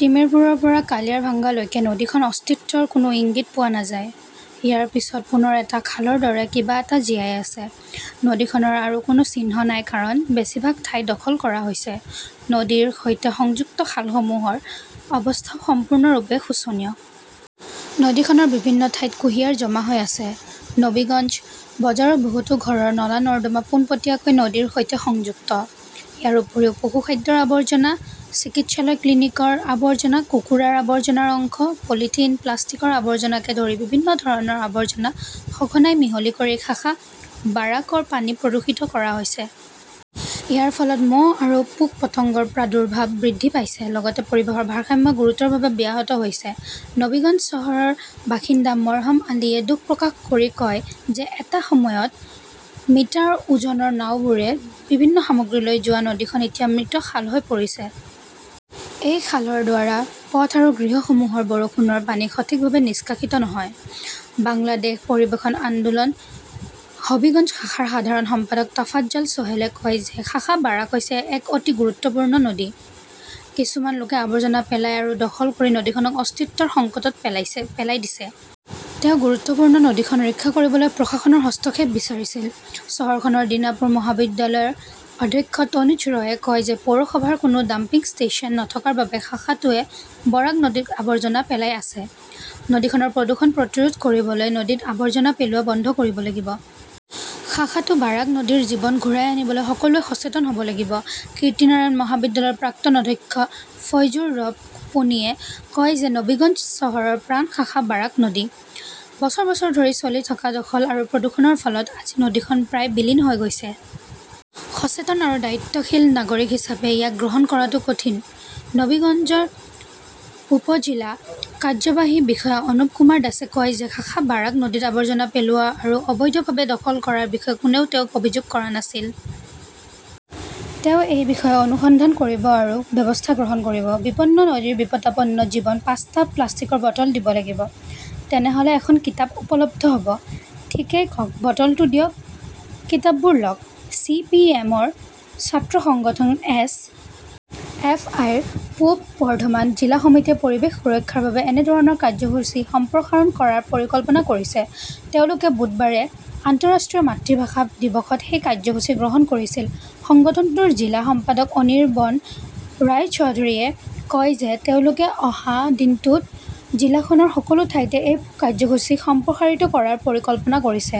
তিমিৰপুৰৰ পৰা কালিয়াৰভাঙ্গালৈকে নদীখনৰ অস্তিত্বৰ কোনো ইংগিত পোৱা নাযায়। ইয়াৰ পিছত পুনৰ এটা খালৰ দৰে কিবা এটা জীয়াই আছে। নদীখনৰ আৰু কোনো চিহ্ন নাই কাৰণ বেছিভাগ ঠাই দখল কৰা হৈছে। নদীৰ সৈতে সংযুক্ত খালসমূহৰ অৱস্থাও সম্পূৰ্ণৰূপে শোচনীয়। নদীখনৰ বিভিন্ন ঠাইত কুঁহিয়াৰ জমা হৈ আছে। নবীগঞ্জ বজাৰৰ বহুতো ঘৰৰ নলা-নৰ্দমা পোনপটীয়াকৈ নদীৰ সৈতে সংযুক্ত। ইয়াৰ উপৰিও, পশুখাদ্যৰ আৱৰ্জনা, চিকিৎসালয়-ক্লিনিকৰ আৱৰ্জনা, কুকুৰাৰ আৱৰ্জনাৰ অংশ, পলিথিন, প্লাষ্টিকৰ আৱৰ্জনাকে ধৰি বিভিন্ন ধৰণৰ আৱৰ্জনা সঘনাই মিহলি কৰি শাখা বাৰাকৰ পানী প্ৰদূষিত কৰা হৈছে। ইয়াৰ ফলত মহ আৰু পোক-পতংগৰ প্ৰাদুৰ্ভাৱ বৃদ্ধি পাইছে, লগতে পৰিৱেশৰ ভাৰসাম্য গুৰুতৰভাৱে ব্যাহত হৈছে। নবীগঞ্জ চহৰৰ বাসিন্দা মৰহম আলীয়ে দুখ প্ৰকাশ কৰি কয় যে এসময়ত মিটাৰ ওজনৰ নাওবোৰে বিভিন্ন সামগ্ৰী লৈ যোৱা নদীখন এতিয়া মৃত খাল হৈ পৰিছে। এই খালৰ দ্বাৰা পথ আৰু গৃহসমূহৰ বৰষুণৰ পানী সঠিকভাৱে নিষ্কাশিত নহয়। বাংলাদেশ পৰিৱেশন আন্দোলন হবিগঞ্জ শাখাৰ সাধাৰণ সম্পাদক টফাজ্জল চোহেলে কয় যে শাখা বাৰাক হৈছে এক অতি গুৰুত্বপূৰ্ণ নদী। কিছুমান লোকে আৱৰ্জনা পেলাই আৰু দখল কৰি নদীখনক অস্তিত্বৰ সংকটত পেলাই দিছে। তেওঁ গুৰুত্বপূৰ্ণ নদীখন ৰক্ষা কৰিবলৈ প্ৰশাসনৰ হস্তক্ষেপ বিচাৰিছিল। চহৰখনৰ দিনাৰপুৰ মহাবিদ্যালয়ৰ অধ্যক্ষ তনুজ ৰয়ে কয় যে পৌৰসভাৰ কোনো ডাম্পিং ষ্টেচন নথকাৰ বাবে শাখাটোৱে বাৰাক নদীত আৱৰ্জনা পেলাই আছে। নদীখনৰ প্ৰদূষণ প্ৰতিৰোধ কৰিবলৈ নদীত আৱৰ্জনা পেলোৱা বন্ধ কৰিব লাগিব। শাখাটো বাৰাক নদীৰ জীৱন ঘূৰাই আনিবলৈ সকলোৱে সচেতন হ 'ব লাগিব। কিৰ্তিনাৰায়ণ মহাবিদ্যালয়ৰ প্ৰাক্তন অধ্যক্ষ ফয়জুৰ ৰব পোনীয়ে কয় যে নবীগঞ্জ চহৰৰ প্ৰাণ শাখা বাৰাক নদী। বছৰ বছৰ ধৰি চলি থকা দখল আৰু প্ৰদূষণৰ ফলত আজি নদীখন প্ৰায় বিলীন হৈ গৈছে। সচেতন আৰু দায়িত্বশীল নাগৰিক হিচাপে ইয়াক গ্ৰহণ কৰাটো কঠিন। নবীগঞ্জৰ উপ-জিলা কাৰ্যবাহী বিষয়া অনুপ কুমাৰ দাসে কয় যে শাখা বাৰাক নদীত আৱৰ্জনা পেলোৱা আৰু অবৈধভাৱে দখল কৰাৰ বিষয়ে কোনেও তেওঁক অভিযোগ কৰা নাছিল। তেওঁ এই বিষয়ে অনুসন্ধান কৰিব আৰু ব্যৱস্থা গ্ৰহণ কৰিব। বিপন্ন নদীৰ বিপদাপন্ন জীৱন পাঁচটা প্লাষ্টিকৰ বটল দিব লাগিব। তেনেহ’লে এখন কিতাপ উপলব্ধ হ’ব। ঠিকেই কওক-বটলটো দিয়ক, কিতাপবোৰ লওক। চি. পি. এম. ৰ ছাত্ৰ সংগঠন এছ. এফ. আই. ৰ পূৱ বৰ্ধমান জিলা সমিতিয়ে পৰিৱেশ সুৰক্ষাৰ বাবে এনে ধৰণৰ কাৰ্যসূচী সম্প্ৰসাৰণ কৰাৰ পৰিকল্পনা কৰিছে। তেওঁলোকে বুধবাৰে আন্তঃৰাষ্ট্ৰীয় মাতৃভাষা দিৱসত সেই কাৰ্যসূচী গ্ৰহণ কৰিছিল। সংগঠনটোৰ জিলা সম্পাদক অনিৰবন ৰায়চৌধৰীয়ে কয় যে তেওঁলোকে অহা দিনটোত জিলাখনৰ সকলো ঠাইতে এই কাৰ্যসূচী সম্প্ৰসাৰিত কৰাৰ পৰিকল্পনা কৰিছে।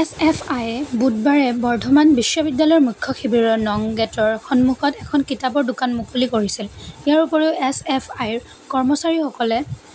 এছ. এফ. আই. য়ে বুধবাৰে বৰ্ধমান বিশ্ববিদ্যালয়ৰ মুখ্য শিবিৰৰ নং গেটৰ সন্মুখত এখন কিতাপৰ দোকান মুকলি কৰিছিল। ইয়াৰ উপৰিও, এছ. এফ. আই. ৰ কৰ্মচাৰীসকলে